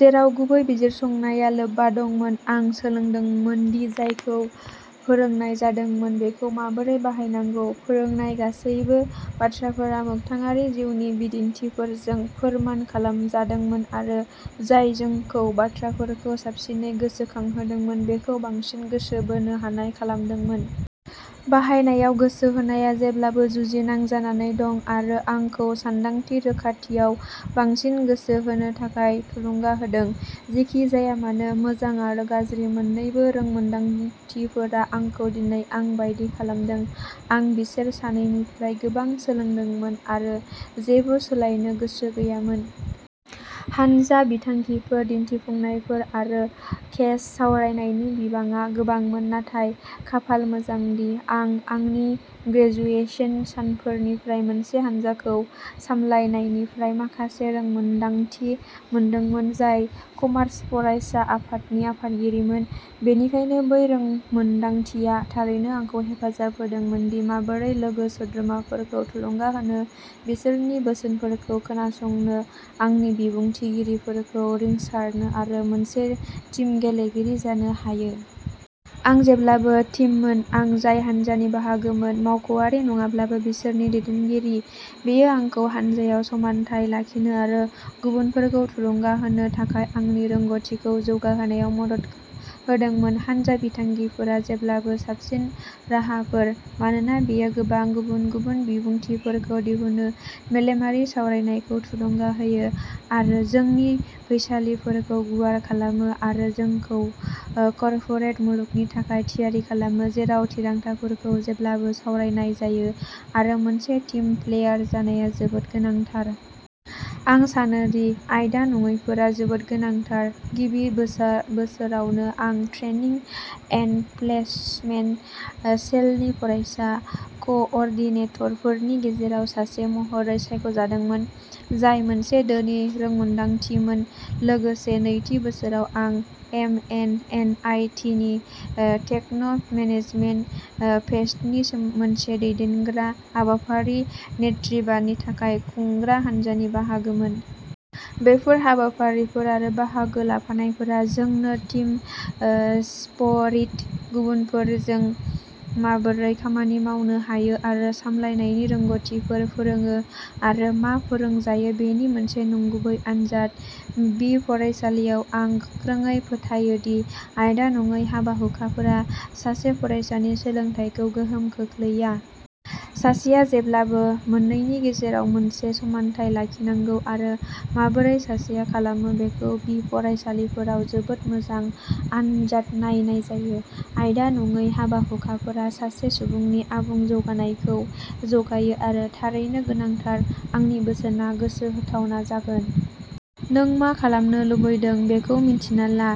जेराव गुबै बिजिरसंनाया लोब्बा दंमोन, आं सोलोंदोंमोन दि जायखौ फोरोंनाय जादोंमोन बेखौ माबोरै बाहायनांगौ। फोरोंनाय गासैबो बाथ्राफोरा मोगथाङारि जिउनि बिदिन्थिफोरजों फोरमान खालामजादोंमोन आरो जाय जोंखौ बाथ्राफोरखौ साबसिनै गोसोखांहोदोंमोन, बेखौ बांसिन गोसो बोनो हानाय खालामदोंमोन। बाहायनायाव गोसो होनाया जेब्लाबो जुजिनां जानानै दं आरो आंखौ सानदांथि रोखाथियाव बांसिन गोसो होनो थाखाय थुलुंगा होदों। जेखि जाया मानो, मोजां आरो गाज्रि मोननैबो रोंमोनदांथिफोरा आंखौ दिनै आं बायदि खालामदों। आं बिसोर सानैनिफ्राय गोबां सोलोंदोंमोन आरो जेबो सोलायनो गोसो गैयामोन। हानजा बिथांखिफोर, दिन्थिफुंनायफोर आरो केस सावरायनायनि बिबाङा गोबांमोन। नाथाय खाफाल मोजांदि आं आंनि ग्रेजुएसन सानफोरनिफ्राय मोनसे हानजाखौ सामलायनायनिफ्राय माखासे रोंमोनदांथि मोनदोंमोन, जाय कमार्स फरायसा आफादनि आफादगिरिमोन। बेनिखायनो, बै रोंमोनदांथिया थारैनो आंखौ हेफाजाब होदोंमोन दि माबोरै लोगो सोद्रोमाफोरखौ थुलुंगा होनो, बिसोरनि बोसोनफोरखौ खोनासंनो, आंनि बिबुंथिफोरखौ रिंसारनो आरो मोनसे टीम गेलेगिरि जानो हायो। आं जेब्लाबो टीममोन। आं जाय हान्जानि बाहागोमोन, मावख'वारि नङाब्लाबो, बिसोरनि दैदेनगिरि। बेयो आंखौ हानजायाव समानथाय लाखिनो आरो गुबुनफोरखौ थुलुंगा होनो थाखाय आंनि रोंग'थिखौ जौगाहोनायाव मदद होदोंमोन। हान्जा बिथांखिफोरा जेब्लाबो साबसिन राहाफोर मानोना बेयो गोबां गुबुन-गुबुन बिबुंथिफोरखौ दिहुनो, मेलेमारि सावरायनायखौ थुलुंगा होयो आरो जोंनि फैसालिफोरखौ गुवार खालामो आरो जोंखौ ओ कर्परेट मुलुगनि थाखाय थियारि खालामो जेराव थिरांथाफोरखौ जेब्लाबो सावरायनाय जायो आरो मोनसे टीम प्लेयार जानाया जोबोद गोनांथार। आं सानोदि आयदा नङैफोरा जोबोद गोनांथार। गिबि बोसा बोसोरावनो, आं ट्रेनिं एन्ड प्लेसमेन्ट सेलनि फरायसा कअर्डिनेटरफोरनि गेजेराव सासे महरै सायख'जादोंमोन, जाय मोनसे धोनि रोंमोनदांथिमोन। लोगोसे, नैथि बोसोराव, आं एम एन एन आइ टिनि ओ टेक्न'-मेनेजमेन्ट ओ फेस्टनि मोनसे दैदेनग्रा हाबाफारि, नेट्रिभानि थाखाय खुंग्रा हानजानि बाहागोमोन। बेफोर हाबाफारिफोर आरो बाहागो लाफानायफोरा जोंनो टीम ओ स्परिट, गुबुनफोरजों माबोरै खामानि मावनो हायो, आरो सामलायनायनि रोंग'थिफोर फोरोङो आरो मा फोरोंजायो बेनि मोनसे नंगुबै आनजाद। बि फरायसालियाव आं गोख्रोङै फोथायोदि आयदा नङै हाबा-हुखाफोरा सासे फरायसानि सोलोंथाइखौ गोहोम खोख्लैया। सासेआ जेब्लाबो मोननैनि गेजेराव मोनसे समानथाय लाखिनांगौ आरो माबोरै सासेया खालामो बेखौ बि फरायसालिफोराव जोबोद मोजां आनजाद नायनाय जायो। आयदा-नङै हाबा-हुखाफोरा सासे सुबुंनि आबुं जौगानायखौ जगायो आरो थारैनो गोनांथार। आंनि बोसोनआ गोसो होथावना जागोन। नों मा खालामनो लुबैदों बेखौ मिन्थिना ला।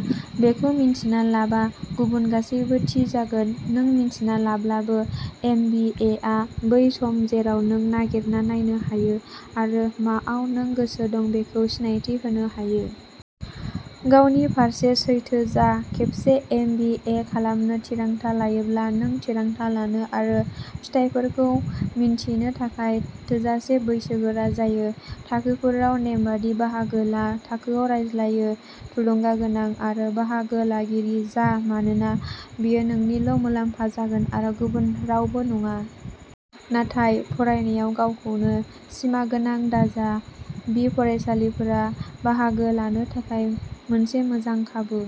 बेखौ मिन्थिना लाबा, गुबुन गासैबो थि जागोन। नों मिन्थिना लाब्लाबो, एम बि ए आ बै सम जेराव नों नागिरना नायनो हायो आरो माआव नों गोसो दं बेखौ सिनायथि होनो हायो। गावनि फारसे सैथो जा। खेबसे एम बि ए खालामनो थिरांथा लायोब्ला, नों थिरांथा लानो आरो फिथायफोरखौ मिन्थिनो थाखाय थोजासे बैसोगोरा जायो। थाखोफोराव नेमबादि बाहागो ला, थाखोयाव रायज्लायो, थुलुंगागोनां आरो बाहागो लागिरि जा मानोना बेयो नोंनिल' मुलाम्फा जागोन आरो गुबुन रावबो नङा। नाथाय फरायनायाव गावखौनो सिमागोनां दाजा, बि फरायसालिफोरा बाहागो लानो थाखाय मोनसे मोजां खाबु।